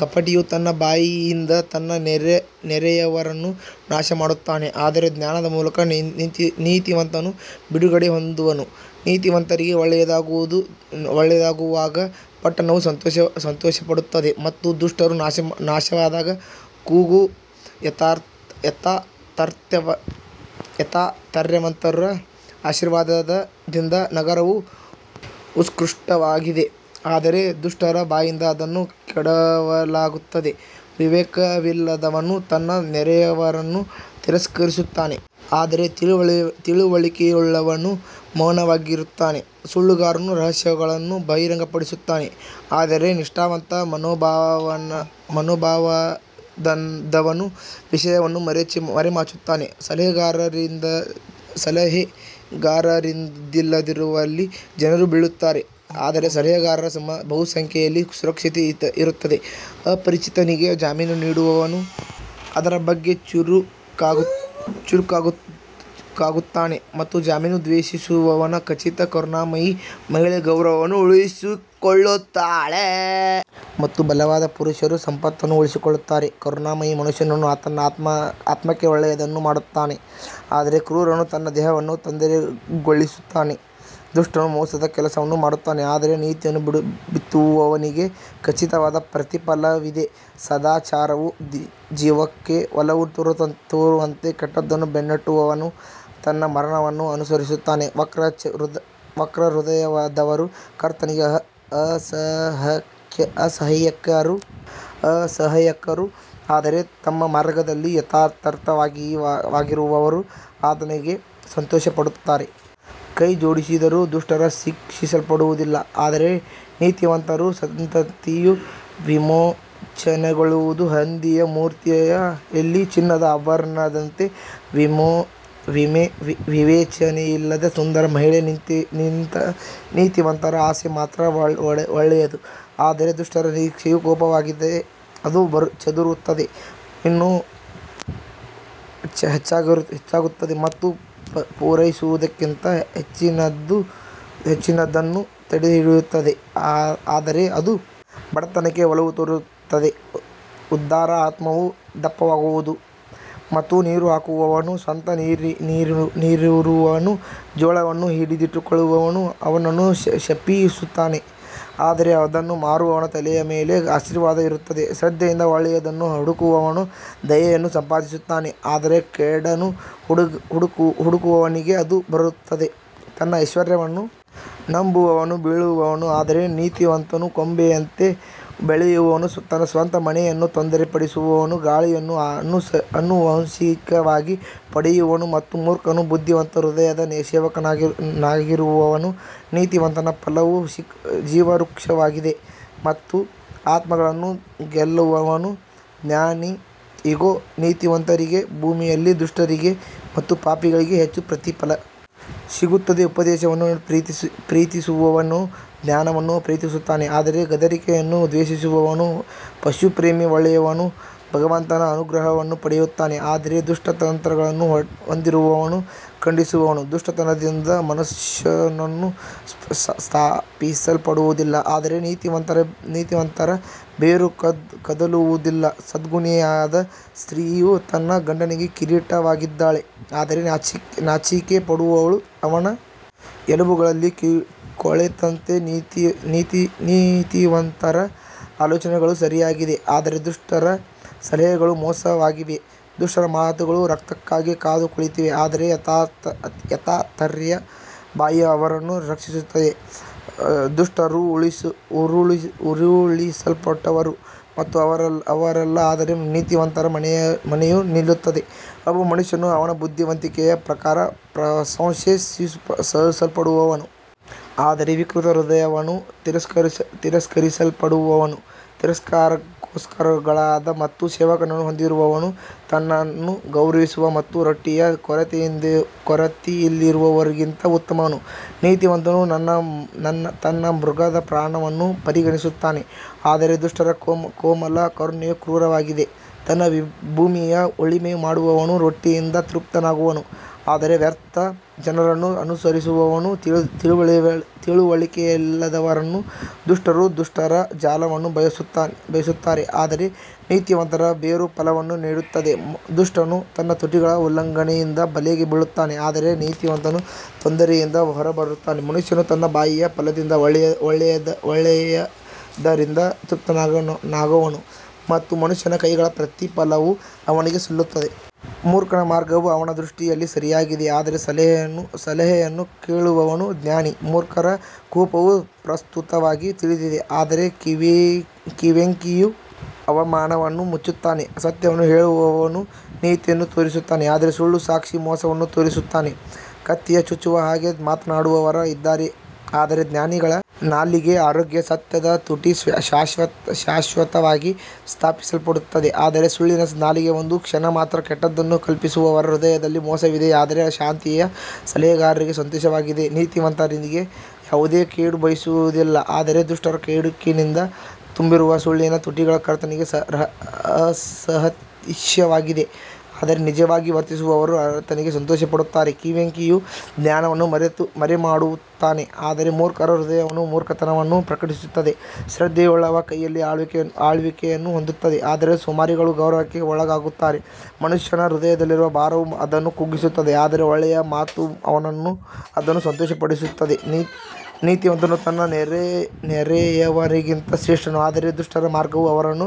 ಕಪಟಿಯು ತನ್ನ ಬಾಯಿಯಿಂದ ತನ್ನ ನೆರೆಯವರನ್ನು ನಾಶಮಾಡುತ್ತಾನೆ ಆದರೆ ಜ್ಞಾನದ ಮೂಲಕ ನೀತಿವಂತನು ಬಿಡುಗಡೆ ಹೊಂದುವನು ನೀತಿವಂತರಿಗೆ ಒಳ್ಳೆಯದಾಗುವಾಗ ಪಟ್ಟಣವು ಸಂತೋಷಪಡುತ್ತದೆ ಮತ್ತು ದುಷ್ಟರು ನಾಶವಾದಾಗ ಕೂಗು. ಯಥಾರ್ಥವಂತರ ಆಶೀರ್ವಾದದಿಂದ ನಗರವು ಉತ್ಕೃಷ್ಟವಾಗಿದೆ ಆದರೆ ದುಷ್ಟರ ಬಾಯಿಂದ ಅದನ್ನು ಕೆಡವಲಾಗುತ್ತದೆ ವಿವೇಕವಿಲ್ಲದವನು ತನ್ನ ನೆರೆಯವನನ್ನು ತಿರಸ್ಕರಿಸುತ್ತಾನೆ ಆದರೆ ತಿಳುವಳಿಕೆಯುಳ್ಳವನು ಮೌನವಾಗಿರುತ್ತಾನೆ ಸುಳ್ಳುಗಾರನು ರಹಸ್ಯಗಳನ್ನು ಬಹಿರಂಗಪಡಿಸುತ್ತಾನೆ ಆದರೆ ನಿಷ್ಠಾವಂತ ಮನೋಭಾವದವನು ವಿಷಯವನ್ನು ಮರೆಮಾಚುತ್ತಾನೆ ಸಲಹೆಗಾರರಿಲ್ಲದಿರುವಲ್ಲಿ ಜನರು ಬೀಳುತ್ತಾರೆ ಆದರೆ ಸಲಹೆಗಾರರ ಬಹುಸಂಖ್ಯೆಯಲ್ಲಿ ಸುರಕ್ಷತೆ ಇರುತ್ತದೆ ಅಪರಿಚಿತನಿಗೆ ಜಾಮೀನು ನೀಡುವವನು ಅದರ ಬಗ್ಗೆ ಚುರುಕಾಗುತ್ತಾನೆ ಮತ್ತು ಜಾಮೀನು ದ್ವೇಷಿಸುವವನು ಖಚಿತ ಕರುಣಾಮಯಿ ಮಹಿಳೆ ಗೌರವವನ್ನು ಉಳಿಸಿಕೊಳ್ಳುತ್ತಾಳೆ ಮತ್ತು ಬಲವಾದ ಪುರುಷರು ಸಂಪತ್ತನ್ನು ಉಳಿಸಿಕೊಳ್ಳುತ್ತಾರೆ ಕರುಣಾಮಯಿ ಮನುಷ್ಯನು ತನ್ನ ಆತ್ಮಕ್ಕೆ ಒಳ್ಳೆಯದನ್ನು ಮಾಡುತ್ತಾನೆ ಆದರೆ ಕ್ರೂರನು ತನ್ನ ದೇಹವನ್ನು ತೊಂದರೆಗೊಳಿಸುತ್ತಾನೆ ದುಷ್ಟನು ಮೋಸದ ಕೆಲಸವನ್ನು ಮಾಡುತ್ತಾನೆ ಆದರೆ ನೀತಿಯನ್ನು ಬಿತ್ತುವವನಿಗೆ ಖಚಿತವಾದ ಪ್ರತಿಫಲವಿದೆ ಸದಾಚಾರವು ಜೀವಕ್ಕೆ ಒಲವು ತೋರುವಂತೆ ಕೆಟ್ಟದ್ದನ್ನು ಬೆನ್ನಟ್ಟುವವನು ತನ್ನ ಮರಣವನ್ನು ಅನುಸರಿಸುತ್ತಾನೆ ವಕ್ರ ಹೃದಯದವರು ಕರ್ತನಿಗೆ ಅಸಹ್ಯಕರರು ಆದರೆ ತಮ್ಮ ಮಾರ್ಗದಲ್ಲಿ ಯಥಾರ್ಥವಾಗಿರುವವರು ಆತನಿಗೆ ಸಂತೋಷಪಡುತ್ತಾರೆ. ಕೈಜೋಡಿಸಿದರೂ ದುಷ್ಟರು ಶಿಕ್ಷಿಸಲ್ಪಡುವುದಿಲ್ಲ ಆದರೆ ನೀತಿವಂತರ ಸಂತತಿಯು ವಿಮೋಚನೆಗೊಳ್ಳುವದು ಹಂದಿಯ ಮೂತಿಯಲ್ಲಿ ಚಿನ್ನದ ಆಭರಣದಂತೆ ವಿವೇಚನೆಯಿಲ್ಲದ ಸುಂದರ ಮಹಿಳೆ ನೀತಿವಂತರ ಆಸೆ ಮಾತ್ರ ಒಳ್ಳೆಯದು ಆದರೆ ದುಷ್ಟರ ನಿರೀಕ್ಷೆಯು ಕೋಪವಾಗಿದೆ ಅದು ಚದುರುತ್ತದೆ ಮತ್ತು ಇನ್ನೂ ಹೆಚ್ಚಾಗುತ್ತದೆ ಮತ್ತು ಪೂರೈಸುವುದಕ್ಕಿಂತ ಹೆಚ್ಚಿನದನ್ನು ತಡೆಹಿಡಿಯುತ್ತದೆ ಆದರೆ ಅದು ಬಡತನಕ್ಕೆ ಒಲವು ತೋರುತ್ತದೆ ಉದಾರ ಆತ್ಮವು ದಪ್ಪವಾಗುವುದು ಮತ್ತು ನೀರುಹಾಕುವವನು ಸ್ವತಃ ನೀರಿರುವನು ಜೋಳವನ್ನು ಹಿಡಿದಿಟ್ಟುಕೊಳ್ಳುವವನು ಅವನನ್ನು ಶಪಿಸುತ್ತಾನೆ ಆದರೆ ಅದನ್ನು ಮಾರುವವನ ತಲೆಯ ಮೇಲೆ ಆಶೀರ್ವಾದ ಇರುತ್ತದೆ ಶ್ರದ್ಧೆಯಿಂದ ಒಳ್ಳೆಯದನ್ನು ಹುಡುಕುವವನು ದಯೆಯನ್ನು ಸಂಪಾದಿಸುತ್ತಾನೆ ಆದರೆ ಕೇಡನ್ನು ಹುಡುಕುವವನಿಗೆ ಅದು ಬರುತ್ತದೆ ತನ್ನ ಐಶ್ವರ್ಯವನ್ನು ನಂಬುವವನು ಬೀಳುವನು ಆದರೆ ನೀತಿವಂತನು ಕೊಂಬೆಯಂತೆ ಬೆಳೆಯುವನು ತನ್ನ ಸ್ವಂತ ಮನೆಯನ್ನು ತೊಂದರೆಪಡಿಸುವವನು ಗಾಳಿಯನ್ನು ಆನುವಂಶಿಕವಾಗಿ ಪಡೆಯುವನು ಮತ್ತು ಮೂರ್ಖನು ಬುದ್ಧಿವಂತ ಹೃದಯದ ಸೇವಕನಾಗಿರುವನು ನೀತಿವಂತನ ಫಲವು ಜೀವವೃಕ್ಷವಾಗಿದೆ ಮತ್ತು ಆತ್ಮಗಳನ್ನು ಗೆಲ್ಲುವವನು ಜ್ಞಾನಿ ಇಗೋ, ನೀತಿವಂತರಿಗೆ ಭೂಮಿಯಲ್ಲಿ ದುಷ್ಟರಿಗೆ ಮತ್ತು ಪಾಪಿಗಳಿಗೆ ಹೆಚ್ಚು ಪ್ರತಿಫಲ ಸಿಗುತ್ತದೆ ಉಪದೇಶವನ್ನು ಪ್ರೀತಿಸುವವನು ಜ್ಞಾನವನ್ನು ಪ್ರೀತಿಸುತ್ತಾನೆ ಆದರೆ ಗದರಿಕೆಯನ್ನು ದ್ವೇಷಿಸುವವನು ಪಶುಪ್ರೇಮಿ ಒಳ್ಳೆಯವನು ಭಗವಂತನ ಅನುಗ್ರಹವನ್ನು ಪಡೆಯುತ್ತಾನೆ ಆದರೆ ದುಷ್ಟ ತಂತ್ರಗಳನ್ನು ಹೊಂದಿರುವವನು ಖಂಡಿಸುವನು ದುಷ್ಟತನದಿಂದ ಮನುಷ್ಯನು ಸ್ಥಾಪಿಸಲ್ಪಡುವದಿಲ್ಲ ಆದರೆ ನೀತಿವಂತರ ಬೇರು ಕದಲುವುದಿಲ್ಲ ಸದ್ಗುಣಿಯಾದ ಸ್ತ್ರೀಯು ತನ್ನ ಗಂಡನಿಗೆ ಕಿರೀಟವಾಗಿದ್ದಾಳೆ ಆದರೆ ನಾಚಿಕೆಪಡುವವಳು ಅವನ ಎಲುಬುಗಳಲ್ಲಿ ಕೊಳೆತಂತೆ ನೀತಿವಂತರ ಆಲೋಚನೆಗಳು ಸರಿಯಾಗಿವೆ ಆದರೆ ದುಷ್ಟರ ಸಲಹೆಗಳು ಮೋಸವಾಗಿವೆ ದುಷ್ಟರ ಮಾತುಗಳು ರಕ್ತಕ್ಕಾಗಿ ಕಾದು ಕುಳಿತಿವೆ ಆದರೆ ಯಥಾರ್ಥರ ಬಾಯಿ ಅವರನ್ನು ರಕ್ಷಿಸುತ್ತದೆ ದುಷ್ಟರು ಉರುಳಿಸಲ್ಪಟ್ಟರು ಮತ್ತು ಅವರಲ್ಲ ಆದರೆ ನೀತಿವಂತರ ಮನೆಯು ನಿಲ್ಲುತ್ತದೆ ಒಬ್ಬ ಮನುಷ್ಯನು ಅವನ ಬುದ್ಧಿವಂತಿಕೆಯ ಪ್ರಕಾರ ಪ್ರಶಂಸಿಸಲ್ಪಡುವನು ಆದರೆ ವಿಕೃತ ಹೃದಯದವನು ತಿರಸ್ಕರಿಸಲ್ಪಡುವನು ತಿರಸ್ಕಾರಕ್ಕೊಳಗಾದ ಮತ್ತು ಸೇವಕನನ್ನು ಹೊಂದಿರುವವನು ತನ್ನನ್ನು ಗೌರವಿಸುವ ಮತ್ತು ರೊಟ್ಟಿಯ ಕೊರತೆಯಿರುವವನಿಗಿಂತ ಉತ್ತಮನು ನೀತಿವಂತನು ತನ್ನ ಮೃಗದ ಪ್ರಾಣವನ್ನು ಪರಿಗಣಿಸುತ್ತಾನೆ ಆದರೆ ದುಷ್ಟರ ಕೋಮಲ ಕರುಣೆಯು ಕ್ರೂರವಾಗಿದೆ ತನ್ನ ಭೂಮಿಯನ್ನು ಉಳುಮೆ ಮಾಡುವವನು ರೊಟ್ಟಿಯಿಂದ ತೃಪ್ತನಾಗುವನು ಆದರೆ ವ್ಯರ್ಥ ಜನರನ್ನು ಅನುಸರಿಸುವವನು ತಿಳುವಳಿಕೆಯಿಲ್ಲದವನು ದುಷ್ಟರು ದುಷ್ಟರ ಜಾಲವನ್ನು ಬಯಸುತ್ತಾರೆ ಆದರೆ ನೀತಿವಂತರ ಬೇರು ಫಲವನ್ನು ನೀಡುತ್ತದೆ ದುಷ್ಟನು ತನ್ನ ತುಟಿಗಳ ಉಲ್ಲಂಘನೆಯಿಂದ ಬಲೆಗೆ ಬೀಳುತ್ತಾನೆ ಆದರೆ ನೀತಿವಂತನು ತೊಂದರೆಯಿಂದ ಹೊರಬರುತ್ತಾನೆ ಮನುಷ್ಯನು ತನ್ನ ಬಾಯಿಯ ಫಲದಿಂದ ಒಳ್ಳೆಯದರಿಂದ ತೃಪ್ತನಾಗುವನು ಮತ್ತು ಮನುಷ್ಯನ ಕೈಗಳ ಪ್ರತಿಫಲವು ಅವನಿಗೆ ಸಲ್ಲುತ್ತದೆ. ಮೂರ್ಖನ ಮಾರ್ಗವು ಅವನ ದೃಷ್ಟಿಯಲ್ಲಿ ಸರಿಯಾಗಿದೆ ಆದರೆ ಸಲಹೆಯನ್ನು ಕೇಳುವವನು ಜ್ಞಾನಿ ಮೂರ್ಖರ ಕೋಪವು ಪ್ರಸ್ತುತವಾಗಿ ತಿಳಿದಿದೆ ಆದರೆ ವಿವೇಕಿಯು ಅವಮಾನವನ್ನು ಮುಚ್ಚುತ್ತಾನೆ ಸತ್ಯವನ್ನು ಹೇಳುವವನು ನೀತಿಯನ್ನು ತೋರಿಸುತ್ತಾನೆ ಆದರೆ ಸುಳ್ಳು ಸಾಕ್ಷಿ ಮೋಸವನ್ನು ತೋರಿಸುತ್ತಾನೆ ಕತ್ತಿಯ ಚುಚ್ಚುವ ಹಾಗೆ ಮಾತನಾಡುವವರು ಇದ್ದಾರೆ ಆದರೆ ಜ್ಞಾನಿಗಳ ನಾಲಿಗೆ ಆರೋಗ್ಯ ಸತ್ಯದ ತುಟಿ ಶಾಶ್ವತವಾಗಿ ಸ್ಥಾಪಿಸಲ್ಪಡುತ್ತದೆ ಆದರೆ ಸುಳ್ಳಿನ ನಾಲಿಗೆ ಒಂದು ಕ್ಷಣ ಮಾತ್ರ ಕೆಟ್ಟದ್ದನ್ನು ಕಲ್ಪಿಸುವವರ ಹೃದಯದಲ್ಲಿ ಮೋಸವಿದೆ ಆದರೆ ಶಾಂತಿಯ ಸಲಹೆಗಾರರಿಗೆ ಸಂತೋಷವಾಗಿದೆ ನೀತಿವಂತರಿಗೆ ಯಾವುದೇ ಕೇಡು ಸಂಭವಿಸುವುದಿಲ್ಲ ಆದರೆ ದುಷ್ಟರು ಕೇಡಿನಿಂದ ತುಂಬುವರು ಸುಳ್ಳಿನ ತುಟಿಗಳು ಕರ್ತನಿಗೆ ಅಸಹ್ಯವಾಗಿದೆ ಆದರೆ ನಿಜವಾಗಿ ವರ್ತಿಸುವವರು ಆತನಿಗೆ ಸಂತೋಷಪಡುತ್ತಾರೆ ವಿವೇಕಿಯು ಜ್ಞಾನವನ್ನು ಮರೆಮಾಡುತ್ತಾನೆ ಆದರೆ ಮೂರ್ಖರ ಹೃದಯವು ಮೂರ್ಖತನವನ್ನು ಪ್ರಕಟಿಸುತ್ತದೆ ಶ್ರದ್ಧೆಯುಳ್ಳವರ ಕೈ ಆಳ್ವಿಕೆಯನ್ನು ಹೊಂದುತ್ತದೆ ಆದರೆ ಸೋಮಾರಿಗಳು ಗೌರವಕ್ಕೆ ಒಳಗಾಗುತ್ತಾರೆ ಮನುಷ್ಯನ ಹೃದಯದಲ್ಲಿನ ಭಾರವು ಅದನ್ನು ಕುಗ್ಗಿಸುತ್ತದೆ ಆದರೆ ಒಳ್ಳೆಯ ಮಾತು ಅದನ್ನು ಸಂತೋಷಪಡಿಸುತ್ತದೆ ನೀತಿವಂತನು ತನ್ನ ನೆರೆಯವನಿಗಿಂತ ಶ್ರೇಷ್ಠನು ಆದರೆ ದುಷ್ಟರ ಮಾರ್ಗವು ಅವರನ್ನು ಮೋಹಿಸುತ್ತದೆ.